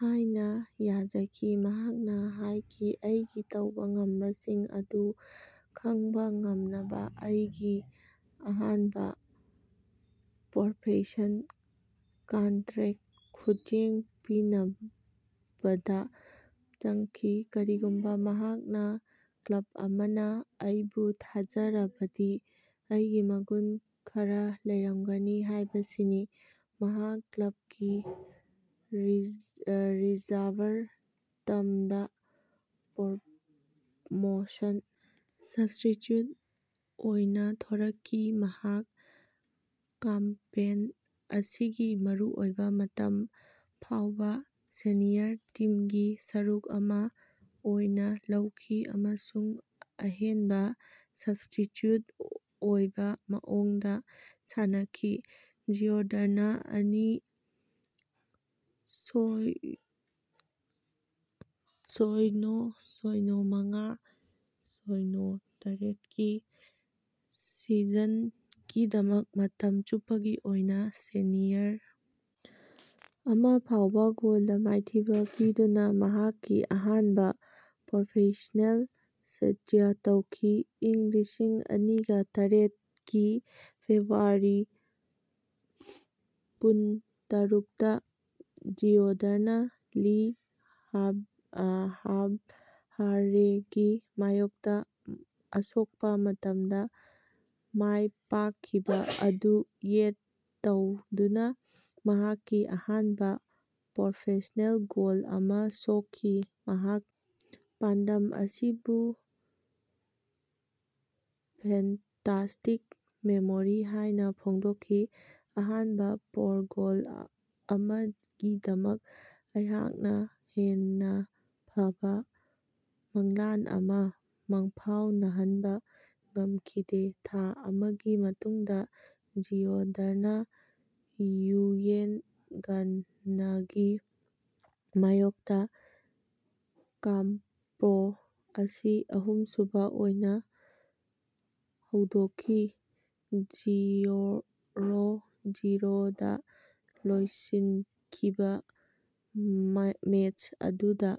ꯍꯥꯏꯅꯥ ꯌꯥꯖꯈꯤ, ꯃꯍꯥꯛꯅꯥ ꯍꯥꯏꯈꯤ ꯑꯩꯒꯤ ꯇꯧꯕꯥ ꯉꯝꯕꯁꯤꯡ ꯑꯗꯨ ꯈꯪꯕꯥ ꯉꯝꯅꯕꯥ ꯑꯩꯒꯤ ꯑꯍꯥꯟꯕꯥ ꯄ꯭ꯔꯣꯐꯦꯁ꯭ꯅꯦꯜ ꯀꯟꯇ꯭ꯔꯦꯛ ꯈꯨꯠꯌꯦꯛ ꯄꯤꯅꯕꯗꯥ ꯆꯪꯈꯤ꯫ ꯀꯔꯤꯒꯨꯝꯕꯥ ꯅꯍꯥꯛꯅꯥ ꯀ꯭ꯂꯕ ꯑꯃꯅꯥ ꯑꯩꯕꯨ ꯊꯥꯖꯔꯕꯗꯤ, ꯑꯩꯒꯤ ꯃꯒꯨꯟ ꯈꯔꯥ ꯂꯩꯔꯝꯒꯅꯤ ꯍꯥꯏꯕꯁꯤꯅꯤ꯫ ꯃꯍꯥꯛ ꯀ꯭ꯂꯕꯀꯤ ꯔꯤꯖꯔꯚꯔ ꯇꯤꯝꯗꯥ ꯄ꯭ꯔꯣꯃꯣꯁꯟ ꯁꯞꯁ꯭ꯇꯤꯆ꯭ꯌꯨꯠ ꯑꯣꯏꯅꯥ ꯊꯣꯔꯛꯈꯤ꯫ ꯃꯍꯥꯛ ꯀꯦꯝꯄꯦꯟ ꯑꯁꯤꯒꯤ ꯑꯔꯣꯏꯕꯥ ꯃꯇꯝ ꯐꯥꯎꯕꯥ ꯁꯦꯅꯤꯌꯔ ꯇꯤꯝꯒꯤ ꯁꯔꯨꯛ ꯑꯃꯥ ꯑꯣꯏꯅꯥ ꯂꯩꯈꯤ ꯑꯃꯁꯨꯡ ꯑꯍꯦꯟꯕꯥ ꯁꯞꯁ꯭ꯇꯤꯆ꯭ꯌꯨꯠ ꯑꯣꯏꯕꯥ ꯃꯑꯣꯡꯗꯥ ꯁꯥꯟꯅꯈꯤ꯫ ꯖꯤꯔꯣꯗꯅꯥ ꯑꯅꯤ ꯁꯣꯢꯅꯣ ꯁꯣꯢꯅꯣ ꯃꯉꯥ ꯁꯣꯢꯅꯣ ꯇꯔꯦꯠꯀꯤ ꯁꯤꯖꯟꯒꯤꯗꯃꯛ ꯃꯇꯝ ꯆꯨꯞꯄꯒꯤ ꯑꯣꯏꯅꯥ ꯁꯦꯅꯤꯌꯔ ꯑꯃ ꯐꯥꯎꯕ ꯒꯣꯜꯗꯥ ꯃꯥꯏꯊꯤꯕꯥ ꯄꯤꯗꯨꯅꯥ ꯃꯍꯥꯛꯀꯤ ꯑꯍꯥꯟꯕꯥ ꯄ꯭ꯔꯣꯐꯦꯁ꯭ꯅꯦꯜ ꯁ꯭ꯇꯥꯔꯠ ꯇꯧꯈꯤ꯫ ꯢꯪ ꯂꯤꯁꯤꯡꯑꯅꯤꯒ ꯇꯔꯦꯠ ꯀꯤ ꯐꯦꯕ꯭ꯔꯨꯋꯥꯔꯤ ꯄꯨꯟꯇꯔꯨꯛꯇꯥ ꯖꯤꯔꯣꯗꯅꯥ ꯂꯦ ꯍꯥꯚ꯭ꯔꯦꯒꯤ ꯃꯥꯌꯣꯛꯇꯥ ꯑꯁꯣꯛꯄꯥ ꯃꯇꯝꯗꯥ ꯃꯥꯏꯄꯥꯛꯈꯤꯕꯥ ꯑꯗꯨ ꯅꯦꯠ ꯇꯧꯗꯨꯅꯥ ꯃꯍꯥꯛꯀꯤ ꯑꯍꯥꯟꯕꯥ ꯄ꯭ꯔꯣꯐꯦꯁ꯭ꯅꯦꯜ ꯒꯣꯜ ꯑꯃꯥ ꯁꯣꯛꯈꯤ꯫ ꯃꯍꯥꯛꯅꯥ ꯄꯥꯟꯗꯝ ꯑꯁꯤꯕꯨ ꯐꯦꯟꯇꯥꯁꯇꯤꯛ ꯃꯦꯃꯣꯔꯤ ꯍꯥꯏꯅꯥ ꯐꯣꯡꯗꯣꯛꯈꯤ꯫ ꯑꯍꯥꯟꯕꯥ ꯄ꯭ꯔꯣ ꯒꯣꯜ ꯑꯃꯒꯤꯗꯃꯛ ꯑꯩꯍꯥꯛꯅꯥ ꯍꯦꯟꯅꯥ ꯐꯕꯥ ꯃꯪꯂꯥꯟ ꯑꯃꯥ ꯃꯪꯐꯥꯎꯅꯍꯟꯕꯥ ꯉꯝꯈꯤꯗꯦ꯫ ꯊꯥ ꯑꯃꯒꯤ ꯃꯇꯨꯡꯗꯥ ꯖꯤꯔꯣꯗꯅꯥ ꯒꯨꯌꯦꯒꯟꯅꯒꯤ ꯃꯥꯌꯣꯛꯇꯥ ꯀꯦꯝꯄꯦꯟ ꯑꯁꯤ ꯑꯍꯨꯝꯁꯨꯕꯥ ꯑꯣꯏꯅꯥ ꯍꯧꯗꯣꯛꯈꯤ꯫ ꯖꯤꯔꯣ-ꯖꯤꯔꯣ ꯗꯥ ꯂꯣꯏꯁꯤꯟꯈꯤꯕꯥ ꯃꯦꯆ ꯑꯗꯨꯗꯥ